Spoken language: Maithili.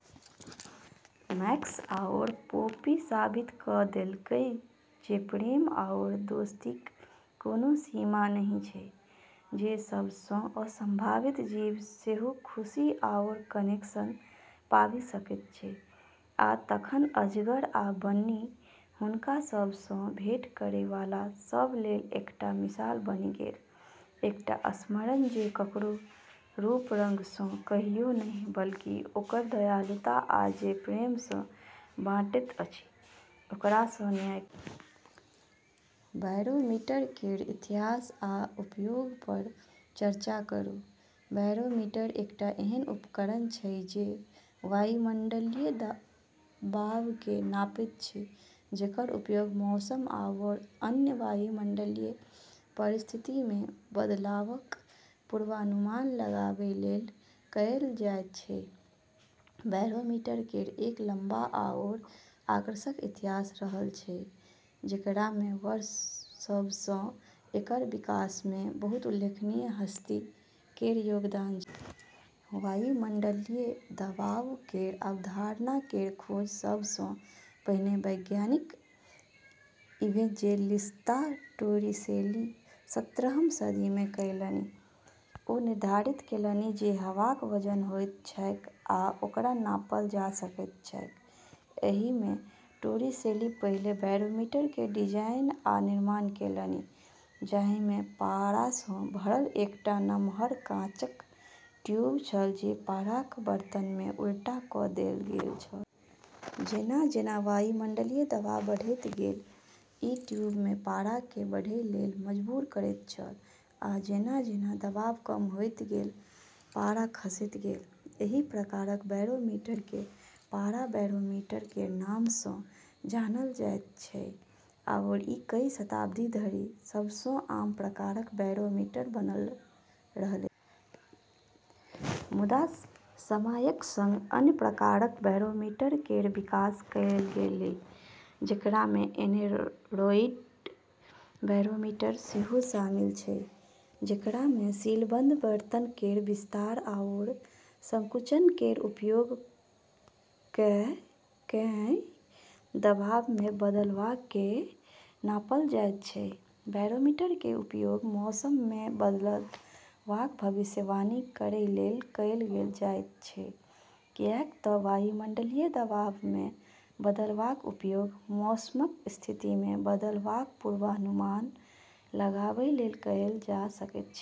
मैक्स आओर पोपी साबित कऽ देलकै जे प्रेम आओर दोस्तीक कोनो सीमा नहि छै, जे सबसँ असंभावित जीव सेहो खुशी आओर कनेक्शन पाबि सकैत छै। आ तखन अजगर आ बन्नी हुनका सभसँ भेट करैवाला सभ लेल एकटा मिसाल बनि गेल, एकटा स्मरण जे ककरो रूप-रंगसँ कहियो नहि, बल्कि, ओकर दयालुता आ जे प्रेमसँ बाँटैत अछि, ओकरासँ न्याय करू। बैरोमीटर केर इतिहास आ उपयोगपर चर्चा करू। बैरोमीटर एकटा एहन उपकरण छै जे वायुमंडलीय दबावकेँ नापैत छै, जेकर उपयोग मौसम आओर अन्य वायुमंडलीय परिस्थितिमे बदलावक पूर्वानुमान लगाबै लेल कएल जाइत छै। बैरोमीटर केर एक लंबा आओर आकर्षक इतिहास रहल छै, जेकरामे वर्ष सभसँ एकर विकासमे बहुत उल्लेखनीय हस्ती केर योगदान छै। वायुमंडलीय दबाव केर अवधारणा केर खोज सबसँ पहिने वैज्ञानिक इवेंजेलिस्ता टोरिसेली सत्रहम सदीमे कएलनि। ओ निर्धारित केलनि जे हवाक वजन होइत छैक आ ओकरा नापल जा सकैत छैक। एहिमे टोरिसेली पहिल बैरोमीटर केर डिजाइन आ निर्माण केलनि, जाहिमे पारासँ भरल एकटा नम्हर काँचक ट्यूब छल जे पाराक बर्तनमे उल्टा कऽ देल गेल छल। जेना-जेना वायुमंडलीय दबाव बढ़ैत गेल, ई ट्यूबमे पाराकेँ बढ़ै लेल मजबूर करैत छल, आ जेना-जेना दबाव कम होइत गेल, पारा खसैत गेल। एहि प्रकारक बैरोमीटरकेँ पारा बैरोमीटर केर नामसँ जानल जाइत छै, आओर ई कई शताब्दी धरि सबसँ आम प्रकारक बैरोमीटर बनल रहलै। मुदा समयक संग अन्य प्रकारक बैरोमीटर केर विकास कएल गेलै, जेकरामे एनेरॉइड बैरोमीटर सेहो शामिल छै, जेकरामे सीलबंद बर्तन केर विस्तार आओर संकुचन केर उपयोग कऽ कऽ दबावमे बदलावकेँ नापल जाइत छै। बैरोमीटर केर उपयोग मौसममे बदलावक भविष्यवाणी करै लेल कएल जाइत छै, किऐक तऽ वायुमंडलीय दबावमे बदलावक उपयोग मौसमक स्थितिमे बदलावक पूर्वानुमान लगाबै लेल कएल जा सकैत छै।